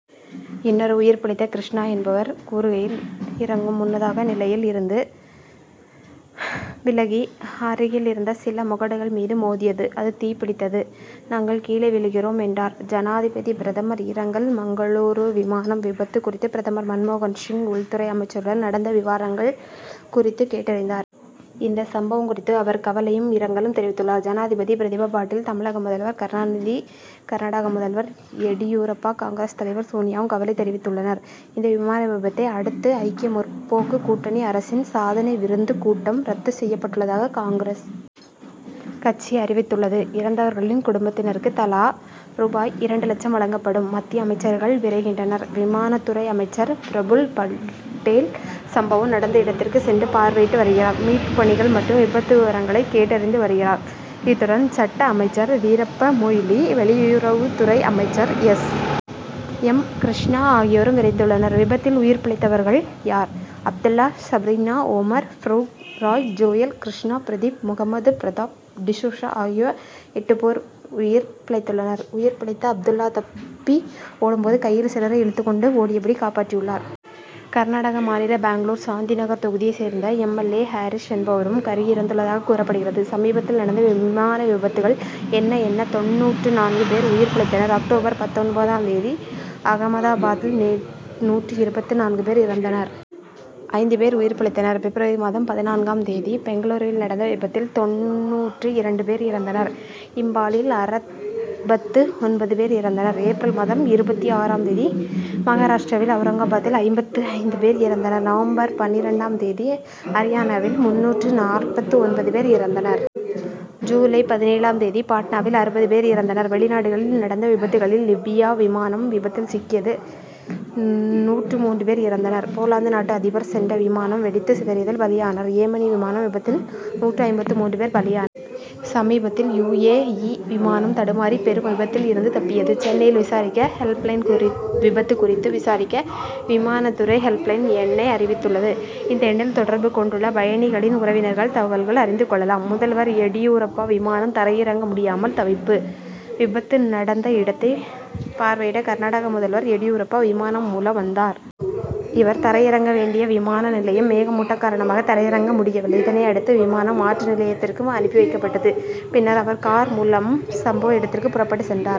இன்னொரு உயிர்பிழைத்த கிருஷ்ணா என்பவர் கூறுகையில் இறங்கும் முன்னதாக நிலையில் இருந்து விலகி அருகில் இருந்த சில முகடுகள் மீது மோதியது. அது தீப்பிடித்தது. நாங்கள் கீழே விழுகிறோம் என்றார். ஜனாதிபதி பிரதமர் இரங்கல் மங்களூரு விமானம் விபத்து குறித்து பிரதமர் மன்மோகன்சிங் உள்துறை அமைச்சருடன் நடந்த விவரங்கள் குறித்து கேட்டறிந்தார். இந்த சம்பவம் குறித்து அவர் கவலையும் இரங்கலும் தெரிவித்துள்ளார். ஜனாதிபதி பிரதீபா பாட்டில் தமிழக முதல்வர் கருணாநிதி கர்நாடக முதல்வர் எடியூரப்பா காங். தலைவர் சோனியாவும் கவலை தெரிவித்துள்ளனர். இந்த விமான விபத்தை அடுத்து ஐக்கிய முற்போக்கு கூட்டணி அரசின் சாதனை விருந்து கூட்டம் ரத்து செய்யப்பட்டுள்ளதாக காங். கட்சி அறிவித்துள்ளது. இறந்தவர்கள் குடும்பத்தினருக்கு தலா ரூபாய் இரண்டு லட்சம் வழங்கப்படும். மத்திய அமைச்சர்கள் விரைகின்றனர். விமான துறை அமைச்சர் பிரபுல் பட்டேல் சம்பவம் நடந்த இடத்திற்கு சென்று பார்வையிட்டு வருகிறார். மீட்பு பணிகள் மற்றும் விபத்து விவரங்களை கேட்டறிந்து வருகிறார். இத்துடன் சட்ட அமைச்சர் வீரப்ப மொய்லி வெளியுறவுத்துறை அமைச்சர் எஸ். எம். கிருஷ்ணா ஆகியோரும் விரைந்துள்ளனர். விபத்தில் உயிர் பிழைத்தவர்கள் யார்? அப்துல்லா சப்ரீனா ஒமர் பரூக் ராய் ஜோயல் கிருஷ்ணா பிரதீப் முகமது பிரதாப் டிசோசா ஆகிய எட்டு பேர் உயிர் பிழைத்துள்ளனர். உயிர் பிழைத்த அப்துல்லா தப்பி ஓடும்போது கையில் சிலரை இழுத்துக்கொண்டு ஓடியபடி காப்பாற்றியுள்ளார். கர்நாடக மாநில பெங்களூர் சாந்திநகர் தொகுதியை சேர்ந்த எம். எல். ஏ. ஹாரிஸ் என்பவரும் கருகி இறந்துள்ளதாக கூறப்படுகிறது. சமீபத்தில் நடந்த விமான விபத்துகள் என்ன? என்ன? தொண்ணூற்று நான்கு பேர் உயிர் பிழைத்தனர். அக்டோபர் பத்தொன்பதாம் தேதி ஆமதாபாத்தில் நூற்று இருபத்து நான்கு பேர் இறந்தனர். ஐந்து பேர் உயிர் பிழைத்தனர். பிப்ரவரி மாதம் பதினான்காம் தேதி பெங்களூருவில் நடந்த விபத்தில் தொண்ணூற்று இரண்டு பேர் இறந்தனர். இம்பாலில் அறுபத்து ஒன்பது பேர் இறந்தனர். ஏப்ரல் மாதம் இருபத்தி ஆறாம் தேதி மகாராஷ்டிராவில் அவுரங்காபாத்தில் ஐம்பத்து ஐந்து பேர் இறந்தனர். நவம்பர் பன்னிரண்டாம் தேதி அரியானாவில் முன்னூற்று நாற்பத்து ஒன்பது பேர் இறந்தனர். ஜூலை பதினேழாம் தேதி பாட்னாவில் அறுபது பேர் இறந்தனர். வெளிநாடுகளில் நடந்த விபத்துகளில் லிபியா விமானம் விபத்தில் சிக்கியதில் நூற்று மூன்று பேர் இறந்தனர். போலந்து நாட்டு அதிபர் சென்ற விமானம் வெடித்து சிதறியதில் பலியானார். ஏமனி விமானம் விபத்தில் நூற்று ஐம்பத்து மூன்று பேர் பலியாயினர். சமீபத்தில் யு. ஏ. இ. விமானம் தடுமாறி பெரும் விபத்தில் இருந்து தப்பியது. சென்னையில் விசாரிக்க ஹெல்ப் லைன் விபத்து குறித்து விசாரிக்க விமான துறை ஹெல்ப்லைன் எண்ணை அறிவித்துள்ளது. இந்த எண்ணில் தொடர்பு கொண்டு பயணிகளின் உறவினர்கள் தகவல்கள் அறிந்து கொள்ளலாம். முதல்வர் எடியூரப்பா விமானம் தரையிறங்க முடியாமல் தவிப்பு விபத்து நடந்த இடத்தை பார்வையிட கர்நாடக முதல்வர் எடியூரப்பா விமானம் மூலம் வந்தார். இவர் தரை இறங்க வேண்டிய விமான நிலையம் மேகமூட்டம் காரணமாக தரையிறங்க முடியவில்லை. இதனையடுத்து விமானம் மாற்று நிலையத்திற்கு அனுப்பி வைக்கப்பட்டது. பின்னர் அவர் கார் மூலம் சம்பவ இடத்திற்கு புறப்பட்டு சென்றார்.